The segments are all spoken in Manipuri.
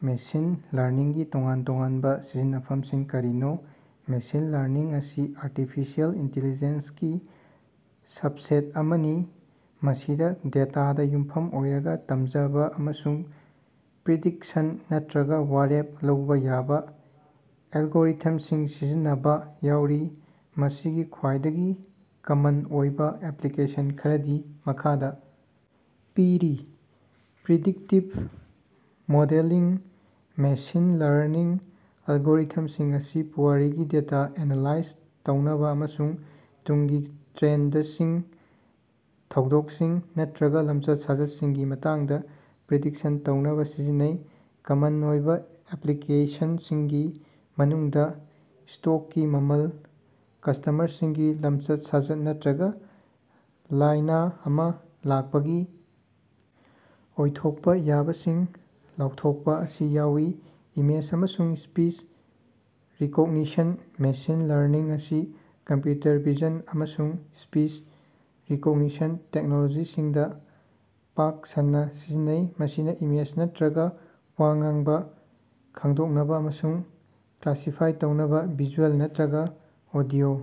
ꯃꯦꯁꯤꯟ ꯂꯔꯅꯤꯡꯒꯤ ꯇꯣꯉꯥꯟ-ꯇꯣꯉꯥꯟꯕꯥ ꯁꯤꯖꯤꯟꯅꯐꯝꯁꯤꯡ ꯀꯔꯤꯅꯣ? ꯃꯦꯁꯤꯟ ꯂꯔꯅꯤꯡ ꯑꯁꯤ ꯑꯥꯔꯇꯤꯐꯤꯁꯤꯑꯦꯜ ꯏꯟꯇꯤꯂꯤꯖꯦꯟꯁꯒꯤ ꯁꯕꯁꯦꯠ ꯑꯃꯅꯤ, ꯃꯁꯤꯗꯥ ꯗꯦꯇꯥꯗꯥ ꯌꯨꯝꯐꯝ ꯑꯣꯏꯔꯒꯥ ꯇꯝꯖꯕꯥ ꯑꯃꯁꯨꯡ ꯄ꯭ꯔꯤꯗꯤꯛꯁꯟ ꯅꯠꯇ꯭ꯔꯒꯥ ꯋꯥꯔꯦꯞ ꯂꯧꯕꯥ ꯌꯥꯕꯥ ꯑꯦꯜꯒꯣꯔꯤꯊꯝꯁꯤꯡ ꯁꯤꯖꯤꯟꯅꯕꯥ ꯌꯥꯎꯔꯤ꯫ ꯃꯁꯤꯒꯤ ꯈ꯭ꯋꯥꯏꯗꯒꯤ ꯀꯃꯟ ꯑꯣꯏꯕꯥ ꯑꯦꯄ꯭ꯂꯤꯀꯦꯁꯟ ꯈꯔꯗꯤ ꯃꯈꯥꯗꯥ ꯄꯤꯔꯤ: ꯄ꯭ꯔꯤꯗꯤꯛꯇꯤꯚ ꯃꯣꯗꯦꯂꯤꯡ: ꯃꯦꯁꯤꯟ ꯂꯔꯅꯤꯡ ꯑꯦꯜꯒꯣꯔꯤꯊꯝꯁꯤꯡ ꯑꯁꯤ ꯄꯨꯋꯥꯔꯤꯒꯤ ꯗꯦꯇꯥ ꯑꯦꯅꯥꯂꯥꯏꯖ ꯇꯧꯅꯕꯥ ꯑꯃꯁꯨꯡ ꯇꯨꯡꯒꯤ ꯇ꯭ꯔꯦꯟꯗꯁꯤꯡ, ꯊꯧꯗꯣꯛꯁꯤꯡ ꯅꯠꯇ꯭ꯔꯒꯥ ꯂꯝꯆꯠ-ꯁꯥꯖꯠꯁꯤꯡꯒꯤ ꯃꯇꯥꯡꯗꯥ ꯄ꯭ꯔꯤꯗꯤꯛꯁꯟ ꯇꯧꯅꯕꯥ ꯁꯤꯖꯤꯟꯅꯩ꯫ ꯀꯃꯟ ꯑꯣꯏꯕꯥ ꯑꯦꯄ꯭ꯂꯤꯀꯦꯁꯟꯁꯤꯡꯒꯤ ꯃꯅꯨꯡꯗꯥ ꯁ꯭ꯇꯣꯛꯀꯤ ꯃꯃꯜ, ꯀꯁ꯭ꯇꯃꯔꯁꯤꯡꯒꯤ ꯂꯝꯆꯠ-ꯁꯥꯖꯠ ꯅꯠꯇ꯭ꯔꯒꯥ ꯂꯥꯏꯅꯥ ꯑꯃꯥ ꯂꯥꯛꯄꯒꯤ ꯑꯣꯏꯊꯣꯛꯄꯥ ꯌꯥꯕꯁꯤꯡ ꯂꯥꯎꯊꯣꯛꯄꯥ ꯑꯁꯤ ꯌꯥꯎꯏ꯫ ꯏꯃꯦꯖ ꯑꯃꯁꯨꯡ ꯁ꯭ꯄꯤꯆ ꯔꯤꯀꯣꯛꯅꯤꯁꯟ: ꯃꯦꯁꯤꯟ ꯂꯔꯅꯤꯡ ꯑꯁꯤ ꯀꯝꯄ꯭ꯌꯨꯇꯔ ꯚꯤꯖꯟ ꯑꯃꯁꯨꯡ ꯁ꯭ꯄꯤꯆ ꯔꯤꯀꯣꯛꯅꯤꯁꯟ ꯇꯦꯛꯅꯣꯂꯣꯖꯤꯁꯤꯡꯗꯥ ꯄꯥꯛ ꯁꯟꯅꯥ ꯁꯤꯖꯤꯟꯅꯩ꯫ ꯃꯁꯤꯅꯥ ꯏꯃꯦꯖ ꯅꯠꯇ꯭ꯔꯒꯥ ꯋꯥ ꯉꯥꯡꯕꯥ ꯈꯪꯗꯣꯛꯅꯕꯥ ꯑꯃꯁꯨꯡ ꯀ꯭ꯂꯥꯁꯤꯐꯥꯏ ꯇꯧꯅꯕꯥ ꯚꯤꯖꯨꯑꯦꯜ ꯅꯠꯇ꯭ꯔꯒꯥ ꯑꯣꯗꯤꯑꯣ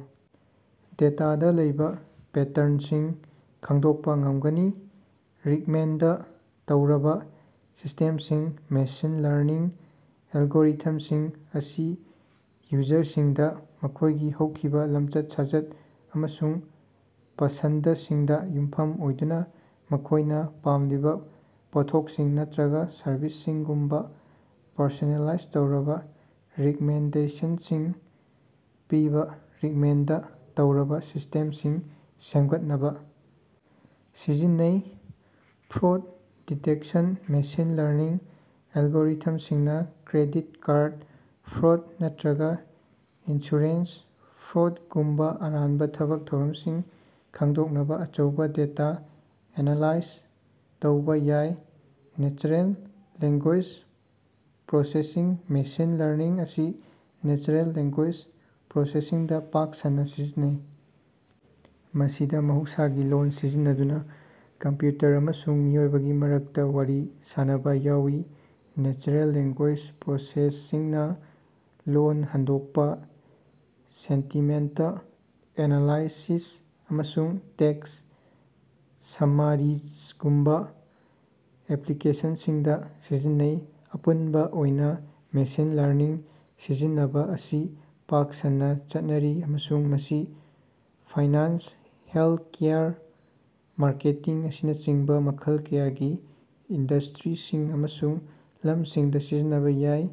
ꯗꯦꯇꯥꯗꯥ ꯂꯩꯕꯥ ꯄꯦꯇ꯭ꯔꯟꯁꯤꯡ ꯈꯪꯗꯣꯛꯄꯥ ꯉꯝꯒꯅꯤ꯫ ꯔꯤꯛꯃꯦꯟꯗ ꯇꯧꯔꯕꯥ ꯁꯤꯁꯇꯦꯝꯁꯤꯡ: ꯃꯦꯁꯤꯟ ꯂꯔꯅꯤꯡ ꯑꯦꯜꯒꯣꯔꯤꯊꯝꯁꯤꯡ ꯑꯁꯤ ꯌꯨꯖꯔꯁꯤꯡꯗꯥ ꯃꯈꯣꯏꯒꯤ ꯍꯧꯈꯤꯕꯥ ꯂꯝꯆꯠ-ꯁꯥꯖꯠ ꯑꯃꯁꯨꯡ ꯄꯁꯟꯗꯁꯤꯡꯗꯥ ꯌꯨꯝꯐꯝ ꯑꯣꯏꯗꯨꯅꯥ ꯃꯈꯣꯏꯅꯥ ꯄꯥꯝꯂꯤꯕꯥ ꯄꯣꯠꯊꯣꯛꯁꯤꯡ ꯅꯠꯇ꯭ꯔꯒꯥ ꯁꯔꯚꯤꯁꯁꯤꯡꯒꯨꯝꯕꯥ ꯄꯔꯁꯣꯅꯦꯂꯥꯏꯖ ꯇꯧꯔꯕꯥ ꯔꯤꯛꯃꯦꯟꯗꯦꯁꯟꯁꯤꯡ ꯄꯤꯕꯥ ꯔꯤꯛꯃꯦꯟꯗ ꯇꯧꯔꯕꯥ ꯁꯤꯁꯇꯦꯝꯁꯤꯡ ꯁꯦꯝꯒꯠꯅꯕꯥ ꯁꯤꯖꯤꯟꯅꯩ꯫ ꯐ꯭ꯔꯣꯗ ꯗꯤꯇꯦꯛꯁꯟ: ꯃꯦꯁꯤꯟ ꯂꯔꯅꯤꯡ ꯑꯦꯜꯒꯣꯔꯤꯊꯝꯁꯤꯡꯅꯥ ꯀ꯭ꯔꯦꯗꯤꯠ ꯀꯥꯔꯗ ꯐ꯭ꯔꯣꯗ ꯅꯠꯇ꯭ꯔꯒꯥ ꯏꯟꯁꯨꯔꯦꯟꯁ ꯐ꯭ꯔꯣꯗꯒꯨꯝꯕꯥ ꯑꯔꯥꯟꯕꯥ ꯊꯕꯛ ꯊꯧꯔꯝꯁꯤꯡ ꯈꯪꯗꯣꯛꯅꯕꯥ ꯑꯆꯧꯕꯥ ꯗꯦꯇꯥ ꯑꯦꯅꯥꯂꯥꯏꯖ ꯇꯧꯕꯥ ꯌꯥꯏ꯫ Natural language processing: machine learning ꯑꯁꯤ ꯅꯦꯆꯔꯦꯜ ꯂꯦꯡꯒꯣꯏꯖ ꯄ꯭ꯔꯣꯁꯦꯁꯤꯡꯗꯥ ꯄꯥꯛ ꯁꯟꯅꯥ ꯁꯤꯖꯤꯟꯅꯩ, ꯃꯁꯤꯗꯥ ꯃꯍꯧꯁꯥꯒꯤ ꯂꯣꯜ ꯁꯤꯖꯤꯟꯅꯗꯨꯅꯥ ꯀꯝꯄ꯭ꯌꯨꯇꯔ ꯑꯃꯁꯨꯡ ꯃꯤꯑꯣꯏꯕꯒꯤ ꯃꯔꯛꯇꯥ ꯋꯥꯔꯤ ꯁꯥꯅꯕꯥ ꯌꯥꯎꯏ꯫ ꯅꯦꯆꯔꯦꯜ ꯂꯦꯡꯒꯣꯏꯖ ꯄ꯭ꯔꯣꯁꯦꯁꯤꯡꯅꯥ ꯂꯣꯜ ꯍꯟꯗꯣꯛꯄꯥ, ꯁꯦꯟꯇꯤꯃꯦꯟꯇ ꯑꯦꯅꯥꯂꯥꯏꯁꯤꯁ ꯑꯃꯁꯨꯡ ꯇꯦꯛꯁ ꯁꯝꯃꯥꯔꯤꯖꯒꯨꯝꯕꯥ ꯑꯦꯄ꯭ꯂꯤꯀꯦꯁꯟꯁꯤꯡꯗꯥ ꯁꯤꯖꯤꯟꯅꯩ꯫ ꯑꯄꯨꯟꯕꯥ ꯑꯣꯏꯅꯥ ꯃꯦꯁꯤꯟ ꯂꯔꯅꯤꯡ ꯁꯤꯖꯤꯟꯅꯕꯥ ꯑꯁꯤ ꯄꯥꯛ ꯁꯟꯅꯥ ꯆꯠꯅꯔꯤ ꯑꯃꯁꯨꯡ ꯃꯁꯤ ꯐꯥꯏꯅꯥꯟꯁ, ꯍꯦꯜꯊꯀꯦꯌꯔ, ꯃꯥꯔꯀꯦꯇꯤꯡ, ꯑꯁꯤꯅꯆꯤꯡꯕꯥ ꯃꯈꯜ ꯀꯌꯥꯒꯤ ꯏꯟꯗꯁꯇ꯭ꯔꯤꯁꯤꯡ ꯑꯃꯁꯨꯡ ꯂꯝꯁꯤꯡꯗꯥ ꯁꯤꯖꯤꯟꯅꯕꯥ ꯌꯥꯏ꯫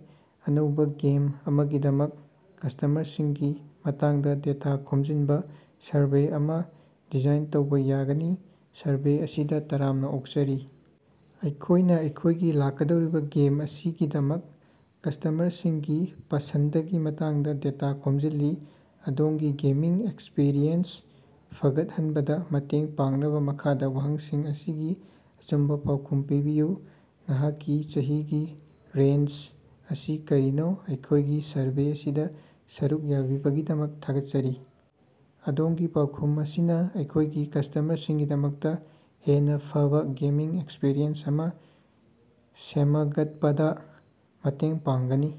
ꯑꯅꯧꯕꯥ ꯒꯦꯝ ꯑꯃꯒꯤꯗꯃꯛ ꯀꯁ꯭ꯇꯃꯔꯁꯤꯡꯒꯤ ꯃꯇꯥꯡꯗꯥ ꯗꯦꯇꯥ ꯈꯣꯝꯖꯤꯟꯕꯥ ꯁꯔꯚꯦ ꯑꯃꯥ ꯗꯤꯖꯥꯏꯟ ꯇꯧꯕꯥ ꯌꯥꯒꯅꯤ꯫ ꯁꯔꯚꯦ ꯑꯁꯤꯗꯥ ꯇꯔꯥꯝꯅꯥ ꯑꯣꯛꯆꯔꯤ! ꯑꯩꯈꯣꯏꯅꯥ ꯑꯩꯈꯣꯏꯒꯤ ꯂꯥꯛꯀꯗꯧꯔꯤꯕꯥ ꯒꯦꯝ ꯑꯁꯤꯒꯤꯗꯃꯛ ꯀꯁ꯭ꯇꯃꯔꯁꯤꯡꯒꯤ ꯄꯁꯟꯗꯒꯤ ꯃꯇꯥꯡꯗꯥ ꯗꯦꯇꯥ ꯈꯣꯝꯖꯤꯜꯂꯤ꯫ ꯑꯗꯣꯝꯒꯤ ꯒꯦꯃꯤꯡ ꯑꯦꯛꯁꯄꯤꯔꯤꯑꯦꯟꯁ ꯐꯒꯠꯍꯟꯕꯗꯥ ꯃꯇꯦꯡ ꯄꯥꯡꯅꯕꯥ ꯃꯈꯥꯒꯤ ꯋꯥꯍꯪꯁꯤꯡ ꯑꯁꯤꯒꯤ ꯑꯆꯨꯝꯕꯥ ꯄꯥꯎꯈꯨꯝ ꯄꯤꯕꯤꯌꯨ꯫ ꯅꯍꯥꯛꯀꯤ ꯆꯍꯤꯒꯤ ꯔꯦꯟꯖ ꯑꯁꯤ ꯀꯔꯤꯅꯣ? ꯑꯩꯈꯣꯏꯒꯤ ꯁꯔꯚꯦ ꯑꯁꯤꯗꯥ ꯁꯔꯨꯛ ꯌꯥꯕꯤꯕꯒꯤꯗꯃꯛ ꯊꯥꯒꯠꯆꯔꯤ! ꯑꯗꯣꯝꯒꯤ ꯄꯥꯎꯈꯨꯝ ꯑꯁꯤꯅꯥ ꯑꯩꯈꯣꯏꯒꯤ ꯀꯁ꯭ꯇꯃꯔꯁꯤꯡꯒꯤꯗꯃꯛꯇꯥ ꯍꯦꯟꯅꯥ ꯐꯕꯥ ꯒꯦꯃꯤꯡ ꯑꯦꯛꯁꯄꯔꯤꯌꯦꯟꯁ ꯑꯃꯥ ꯁꯦꯃꯒꯠꯄꯗꯥ ꯃꯇꯦꯡ ꯄꯥꯡꯒꯅꯤ꯫